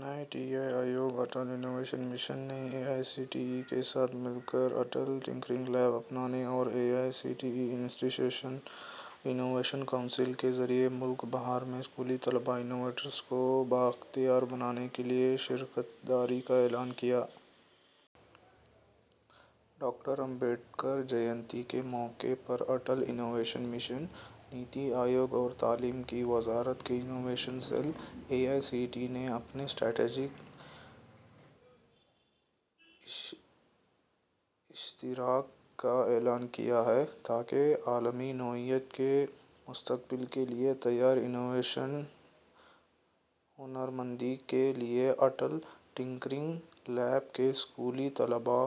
نیتی Aayog Atal innovation mission نے A I C T ای کے ساتھ مل کر اٹل ٹنکرنگ لیب اپنانے اور اے I C T E institution innovation councils کے ذریعے ملک بھر میں اسکولی طلباء انوویٹرز کو بااختیار بنانے کے لیے شراکت داری کا اعلان کیا۔ Doctor B R Ambedkar Jayanti کے موقع پر اٹل انوویشن مشن، نیتی آیوگ اور تعلیم کی وزارت کے innovation cell, A I C T E نے اپنے اسٹریٹجک اشتراک کا اعلان کیا ہے تاکہ عالمی نوعیت کے مستقبل کے لیے تیار انوویشن ہنرمندی کے لیے اٹل ٹنکرنگ لیب کے اسکولی طلباء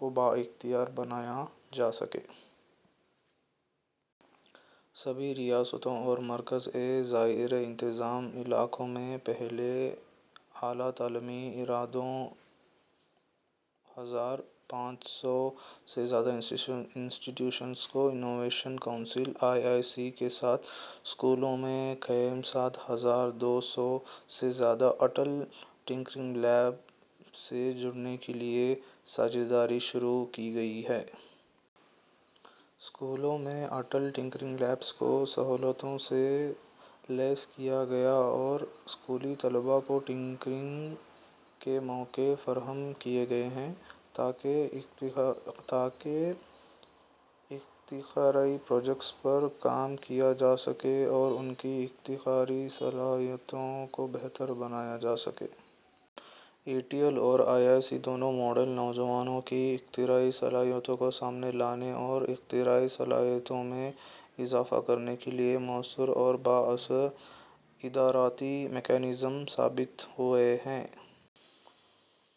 کو بااختیار بنایا جا سکے۔ سبھی ریاستوں اور مرکز کے زیرِ انتظام علاقوں میں پھیلے اعلیٰ تعلیمی اداروں میں دو ہزار پانچ سو سے زیادہ institution innovation council, I I C, کے ساتھ اسکولوں میں قائم سات ہزار دو سو سے زیادہ اٹل ٹنکرنگ لیب سے جڑنے کے لیے ساجھیداری شروع کی گئی ہے۔ اسکولوں میں اٹل ٹنکرنگ لیب کو سہولتوں سے لیس کیا گیا ہے اور اسکولی طلباء کو ٹنکرنگ کے مواقع فراہم کیے گئے ہیں تاکہ اختراعی پروجیکٹوں پر کام کیا جا سکے اور ان کی اختراعی صلاحیتوں کو بہتر بنایا جا سکے۔ اے ٹی ایل اور آئی آئی سی دونوں ماڈل نوجوانوں کی اختراعی صلاحیتوں کو سامنے لانے اور اختراعی صلاحیت میں اضافہ کرنے کے لیے مؤثر اور بااثر ادارہ جاتی میکنزم ثابت ہوئے ہیں۔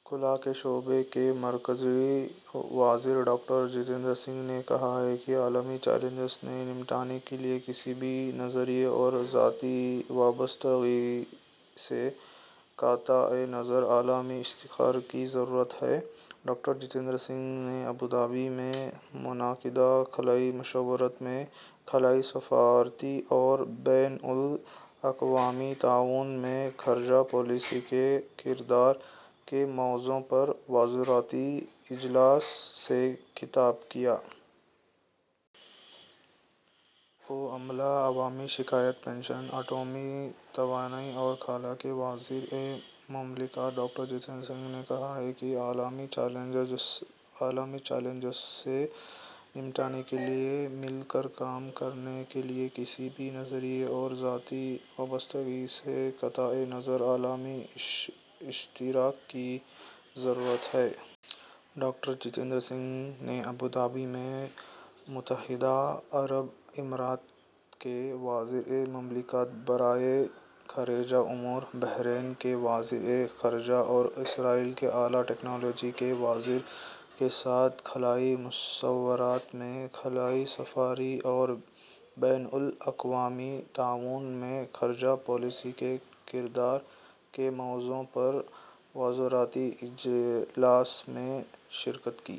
خلاء کا محکمہ مرکزی وزیر ڈاکٹر جتیندر سنگھ نے کہا ہے کہ عالمی چیلنجوں سے نمٹنے کے لیے کسی بھی نظریے اور ذاتی وابستگی سے قطع نظر عالمی اشتراک کی ضرورت ہے۔ ڈاکٹر جتیندر سنگھ نے ابوظہبی میں منعقدہ خلائی مشاورت میں ''خلائی سفارت کاری اور بین الاقوامی تعاون میں خارجہ پالیسی کے کردار'' کے موضوع پر وزارتی اجلاس سے خطاب کیا۔ او، عملہ، عوامی شکایات، پنشن، ایٹمی توانائی اور خلاء کے وزیر مملکت ڈاکٹر جتیندر سنگھ نے کہا ہے کہ عالمی چیلنجوں سے نمٹنے کے لیے مل کر کام کرنے کے لیے کسی بھی نظریے اور ذاتی وابستگی سے قطع نظر عالمی اشتراک کی ضرورت ہے۔ ڈاکٹر جتیندر سنگھ نے ابوظہبی میں متحدہ عرب امارات کے وزیر مملکت برائے خارجہ امور، بحرین کے وزیر خارجہ اور اسرائیل کے اعلیٰ ٹیکنالوجی کے وزیر کے ساتھ خلائی مشاورت میں ''خلائی سفارت کاری اور بین الاقوامی تعاون میں خارجہ پالیسی کا کردار'' کے موضوع پر وزارتی اجلاس میں شرکت کی۔